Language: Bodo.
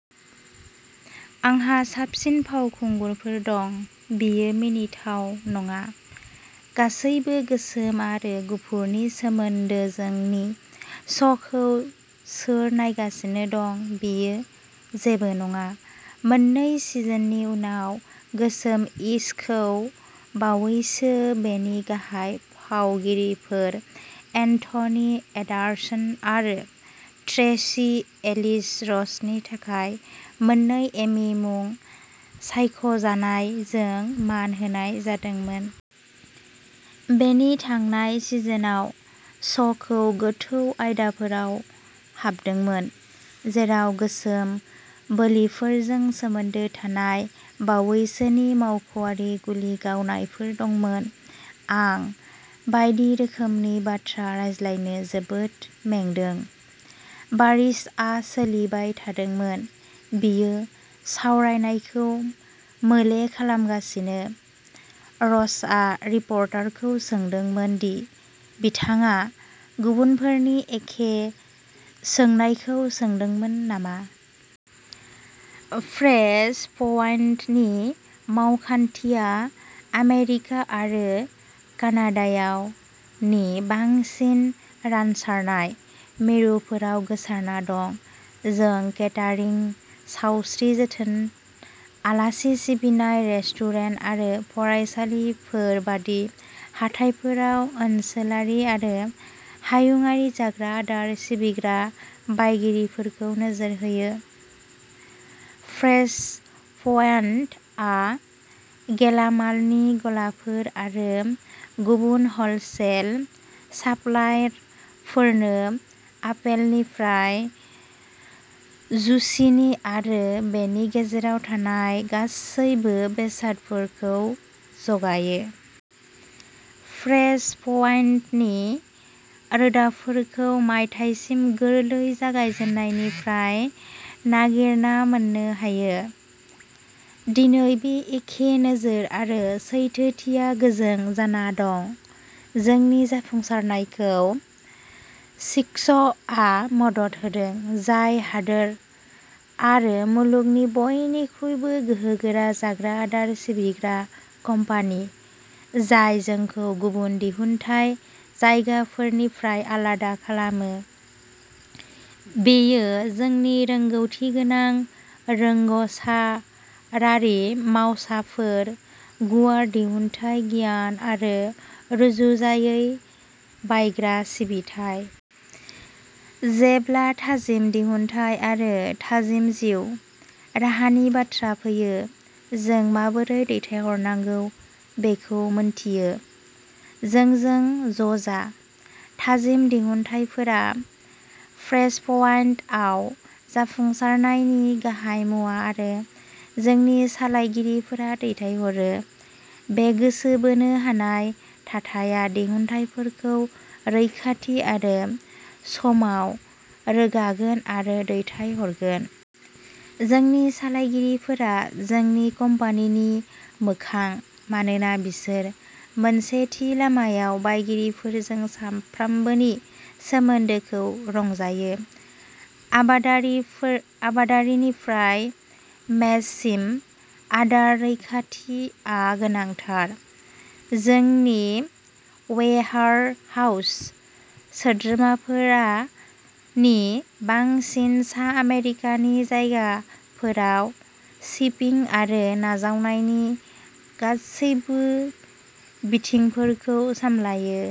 आंहा साबसिन फावखुंगुरफोर दं। बेयो मिनिथाव नङा। गासैबो गोसोम आरो गुफुरनि सोमोन्दैजोंनि श'खौ सोर नायगासिनो दं, बेयो जेबो नङा। " मोननै सिजननि उनाव, "गोसोम-इश" खौ बावैसो बेनि गाहाय फावगिरिफोर, एन्थनी एन्डारसन आरो ट्रेसी एलिस रसनि थाखाय मोन्नै एमी मुं सायख'नायजों मान होनाय जादोंमोन। बेनि थांनाय सिजनआव, श'आ गोथौ आयदाफोराव हाबदोंमोन, जेराव गोसोम बोलिफोरजों सोमोन्दो थानाय बावैसोनि मावख'आरि गुलि गावनायफोर दंमोन। "आं बायदि रोखोमनि बाथ्रा रायज्लायनो जोबोद मेंदों", बारिसआ सोलिबाय थादोंमोन। "बेयो सावरायनायखौ मोले खालामगासिनो। " र'सआ रिपर्टारखौ सोंदोंमोन दि बिथाङा गुबुनफोरनि एखे सोंनायखौ सोंदोंमोन नामा। फ्रेशप्वाइन्टनि मावखान्थिया आमेरिका आरो कानाडायाव नि बांसिन रानसारनाय मिरुफोराव गोसारना दं। जों केटारिं, सावस्रि जोथोन, आलासि सिबिनाय, रेस्टुरेन्ट आरो फरायसालिफोर बायदि हाथाइफोराव ओनसोलारि आरो हायुंआरि जाग्रा आदार सिबिग्रा बायगिरिफोरखौ नोजोर होयो। फ्रेशप्वाइन्टआ गेलामालनि गलाफोर आरो गुबुन हलसेल साप्लायरफोरनो आपेलनिफ्राय जुचिनी आरो बेनि गेजेराव थानाय गासैबो बेसादफोर जगायो। फ्रेशप्वाइन्टनि रोदाफोरखौ मायथाइसिम गोरलै जागायजेन्नायनिफ्राय नागिरना मोननो हायो। दिनै, बे एखे नोजोर आरो सैथोथिया गोजों जाना दं। जोंनि जाफुंसारनायखौ सिस्क'आ मदद होदों, जाय हादोर आरो मुलुगनि बयनिख्रुइबो गोहोगोरा जाग्रा आदार सिबिग्रा कम्पानि। जाय जोंखौ गुबुन दिहुनथाय जगायग्राफोरनिफ्राय आलादा खालामो, बेयो जोंनि रोंग'थिगोनां रोंग'सारारि मावसाफोर, गुवार दिहुनथाय गियान, आरो रुजुजायै बायग्रा सिबिथाइ। जेब्ला थाजिम दिहुनथाय आरो थाजिम जिउ राहानि बाथ्रा फैयो, जों माबोरै दैथायहरनांगौ बेखौ मिन्थियो। जोंजों ज'जा। थाजिम दिहुनथायफोरा फ्रेशप्वाइन्टआव जाफुंसारनायनि गाहाय मुवा आरो जोंनि सालायगिरिफोरा दैथायहरो। बे गोसो बोनो हानाय थाथाया दिहुनथायफोरखौ रैखाथि आरो समाव रोगागोन आरो दैथायहरगोन। जोंनि सालायगिरिफोरा जोंनि कम्पानिनि मोखां मानोना बिसोरो मोनसे थि लामायाव बायगिरिफोरजों सानफ्रोमबोनि सोमोन्दोखौ रंजायो। आबादारिनिफ्राय मेजसिम, आदार रैखाथिआ गोनांथार। जोंनि वेयारहाउस सोद्रोमाफोरा नि बांसिन सा आमेरिकानि जायगाफोराव शिपिं आरो नाजावनायनि गासैबो बिथिंफोरखौ सामलायो।